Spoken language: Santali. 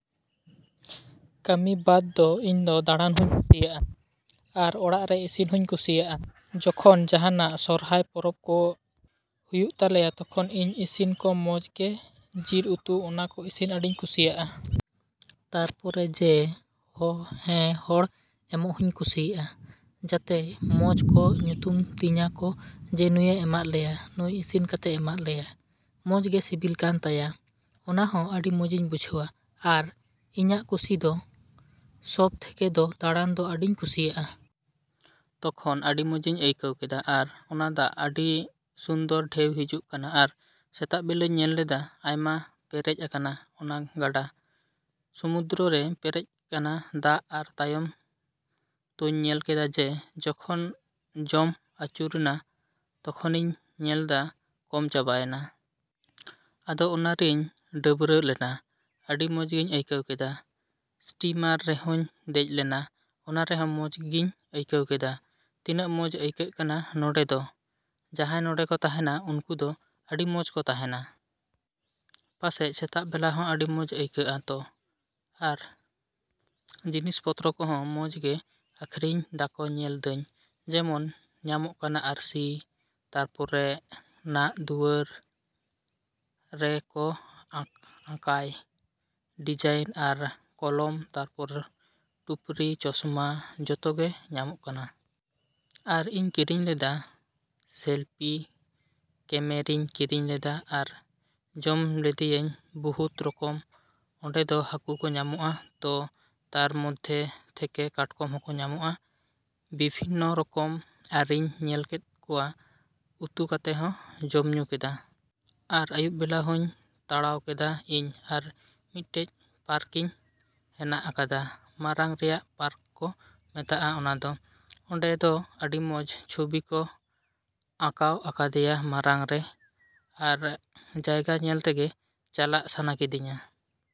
ᱠᱟᱹᱢᱤ ᱵᱟᱫᱽ ᱫᱚ ᱤᱧ ᱫᱚ ᱫᱟᱬᱟᱱ ᱦᱩᱧ ᱠᱩᱥᱤᱭᱟᱜᱼᱟ, ᱟᱨ ᱚᱲᱟᱜ ᱨᱮ ᱤᱥᱤᱱ ᱦᱩᱧ ᱠᱩᱥᱤᱭᱟᱜᱼᱟ᱾ ᱡᱚᱠᱷᱚᱱ ᱡᱟᱦᱟᱱᱟᱜ ᱥᱚᱨᱦᱟᱭ ᱯᱚᱨᱚᱵᱽ ᱠᱚ ᱦᱤᱡᱩᱜ ᱦᱩᱭᱩᱜ ᱛᱟᱞᱮᱭᱟ, ᱛᱚᱠᱷᱚᱱ ᱤᱧᱟᱹᱜ ᱤᱥᱤᱱ ᱠᱚ ᱢᱚᱡᱽ ᱜᱮ ᱡᱤᱞ ᱩᱛᱩ ᱚᱱᱟ ᱠᱚ ᱤᱥᱤᱱ ᱟᱹᱰᱤ ᱟᱸᱴᱤᱧ ᱠᱩᱥᱤᱭᱟᱜᱼᱟ᱾ ᱛᱟᱨᱯᱚᱨᱮ ᱡᱮ, ᱦᱮᱸ ᱦᱚᱲ ᱮᱢᱚᱜ ᱦᱚᱧ ᱠᱩᱥᱤᱭᱟᱜᱼᱟ, ᱡᱟᱛᱮ ᱢᱚᱡᱽ ᱠᱚ ᱧᱩᱛᱩᱢ ᱛᱤᱧᱟ ᱠᱚ ᱡᱮ ᱱᱩᱭᱮ ᱮᱢᱟᱫ ᱞᱮᱭᱟ, ᱱᱩᱭ ᱤᱥᱤᱱ ᱠᱟᱛᱮ ᱮᱢᱟᱜ ᱞᱮᱭᱟ᱾ ᱢᱚᱡᱽ ᱜᱮ ᱥᱤᱵᱤᱞ ᱠᱟᱱ ᱛᱟᱭᱟ᱾ ᱚᱱᱟ ᱦᱚᱸ ᱟᱹᱰᱤ ᱢᱚᱡᱤᱧ ᱵᱩᱡᱷᱟᱹᱣᱟ᱾ ᱟᱨ, ᱤᱧᱟᱹᱜ ᱠᱩᱥᱤ ᱫᱚ, ᱥᱚᱵᱽ ᱛᱷᱮᱠᱮ ᱫᱚ ᱫᱟᱬᱟᱱ ᱫᱚ ᱟᱹᱰᱤ ᱟᱸᱴᱤᱧ ᱠᱩᱥᱤᱭᱟᱜᱼᱟ᱾ ᱛᱚᱠᱷᱚᱱ ᱟᱹᱰᱤ ᱢᱚᱸᱡᱤᱧ ᱟᱹᱭᱠᱟᱹᱣ ᱠᱮᱫᱟ ᱟᱨ ᱚᱱᱟ ᱫᱟᱜ ᱟᱹᱰᱤ ᱥᱩᱱᱫᱚᱨ ᱰᱷᱮᱣ ᱦᱤᱡᱩᱜ ᱠᱟᱱᱟ ᱟᱨ ᱥᱮᱛᱟᱜ ᱵᱮᱞᱟᱧ ᱧᱮᱞ ᱠᱮᱫᱟ ᱟᱭᱢᱟ ᱯᱮᱨᱮᱡ ᱟᱠᱟᱱᱟ, ᱚᱱᱟ ᱜᱟᱰᱟ᱾ ᱥᱚᱢᱩᱫᱨᱚ ᱨᱮ ᱯᱮᱨᱮᱡ ᱠᱟᱱᱟ ᱫᱟᱜ ᱟᱨ ᱛᱟᱭᱱᱚᱢ ᱛᱚᱧ ᱧᱮᱞ ᱠᱮᱫᱟ ᱡᱮ ᱡᱚᱠᱷᱚᱱ ᱡᱚᱢ ᱟᱪᱩᱨᱱᱟ ᱛᱚᱠᱷᱚᱱᱤᱧ ᱧᱮᱞ ᱫᱟ ᱠᱚᱢ ᱪᱟᱵᱟᱭᱱᱟ᱾ ᱟᱫᱚ ᱚᱱᱟ ᱨᱤᱧ ᱰᱟᱹᱵᱨᱟᱹ ᱞᱮᱱᱟ᱾ ᱟᱹᱰᱤ ᱢᱚᱡᱽᱜᱤᱧ ᱟᱹᱭᱠᱟᱹᱣ ᱠᱮᱫᱟ, ᱥᱴᱤᱢᱟᱨ ᱨᱮᱦᱚᱧ ᱫᱮᱡ ᱞᱮᱱᱟ᱾ ᱚᱱᱟ ᱨᱮᱦᱚᱸ ᱢᱚᱡᱽ ᱜᱤᱧ ᱟᱭᱠᱟᱹᱣ ᱠᱮᱫᱟ᱾ ᱛᱤᱱᱟᱹᱜ ᱢᱚᱡᱽ ᱟᱹᱭᱠᱟᱹᱜ ᱠᱟᱱᱟ ᱱᱚᱸᱰᱮ ᱫᱚ᱾ ᱡᱟᱦᱟᱸᱭ ᱱᱚᱸᱰᱮ ᱠᱚ ᱛᱟᱦᱮᱱᱟ ᱩᱱᱠᱩ ᱫᱚ ᱟᱹᱰᱤ ᱢᱚᱡᱽ ᱠᱚ ᱛᱟᱦᱮᱱᱟ᱾ ᱯᱟᱥᱮᱡ ᱥᱮᱛᱟᱜ ᱵᱮᱞᱟ ᱦᱚᱸ ᱟᱹᱰᱤ ᱢᱚᱡᱽ ᱟᱹᱭᱠᱟᱹᱜᱼᱟ ᱛᱚ᱾ ᱟᱨ ᱡᱤᱱᱤᱥ ᱯᱚᱛᱨᱚ ᱠᱚᱦᱚᱸ ᱢᱚᱡᱽ ᱜᱮ ᱟᱠᱷᱨᱤᱧ ᱫᱟᱠᱚ ᱧᱮᱞ ᱫᱟᱹᱧ, ᱡᱮᱢᱚᱱ ᱧᱟᱢᱚᱜ ᱠᱟᱱᱟ ᱟᱨᱥᱤ, ᱛᱟᱨᱯᱚᱨᱮ ᱱᱟᱜ ᱫᱩᱣᱟᱹᱨ ᱨᱮ ᱠᱚ ᱟᱸᱠᱟᱭ᱾ ᱰᱤᱡᱟᱭᱤᱱ ᱟᱨ ᱠᱚᱞᱚᱢ ᱛᱟᱨᱯᱚᱨ ᱴᱩᱯᱨᱤ, ᱪᱚᱥᱢᱟ ᱡᱚᱛᱚ ᱜᱮ ᱧᱟᱢᱚᱜ ᱠᱟᱱᱟ᱾ ᱟᱨ ᱤᱧ ᱠᱤᱨᱤᱧ ᱞᱮᱫᱟᱼ ᱥᱮᱞᱯᱤ ᱠᱮᱢᱮᱨᱟᱧ ᱠᱤᱨᱤᱧ ᱞᱮᱫᱟ᱾ ᱟᱨ ᱡᱚᱢ ᱞᱮᱫᱮᱭᱤᱧ ᱵᱚᱦᱩᱛ ᱨᱚᱠᱚᱢ ᱚᱸᱰᱮ ᱫᱚ ᱦᱟᱹᱠᱩ ᱠᱚ ᱧᱟᱢᱚᱜᱼᱟ ᱛᱚ ᱛᱟᱨ ᱢᱚᱫᱽᱫᱷᱮ ᱛᱷᱮᱠᱮ ᱠᱟᱴᱠᱚᱢ ᱦᱚᱸᱠᱚ ᱧᱟᱢᱚᱜᱼᱟ᱾ ᱵᱷᱤᱵᱤᱱᱱᱚ ᱨᱚᱠᱚᱢ ᱟᱨᱤᱧ ᱧᱮᱞ ᱠᱮᱫ ᱠᱚᱣᱟ ᱩᱛᱩ ᱠᱟᱛᱮ ᱦᱚᱸ ᱡᱚᱢᱼᱧᱩ ᱠᱮᱫᱟ᱾ ᱟᱨ ᱟᱭᱩᱵ ᱵᱮᱞᱟ ᱦᱚᱧ ᱛᱟᱲᱟᱣ ᱠᱮᱫᱟ ᱤᱧ᱾ ᱟᱨ ᱢᱤᱫᱴᱮᱡ ᱯᱟᱨᱠᱤᱝ ᱦᱮᱱᱟᱜ ᱟᱠᱟᱫᱟ᱾ ᱢᱟᱨᱟᱝ ᱨᱮᱭᱟᱜ ᱯᱟᱨᱠ ᱠᱚ ᱢᱮᱛᱟᱜᱼᱟ ᱚᱱᱟ ᱫᱚ᱾ ᱚᱸᱰᱮ ᱫᱚ ᱟᱹᱰᱤ ᱢᱚᱡᱽ ᱪᱷᱚᱵᱤ ᱠᱚ ᱟᱸᱠᱟᱣ ᱟᱠᱟᱫᱮᱭᱟ ᱢᱟᱨᱟᱝ ᱨᱮ᱾ ᱚᱱᱟ ᱡᱟᱭᱜᱟ ᱧᱮᱞ ᱛᱮᱜᱮ ᱪᱟᱞᱟᱜ ᱥᱟᱱᱟ ᱠᱤᱫᱟᱹᱧ᱾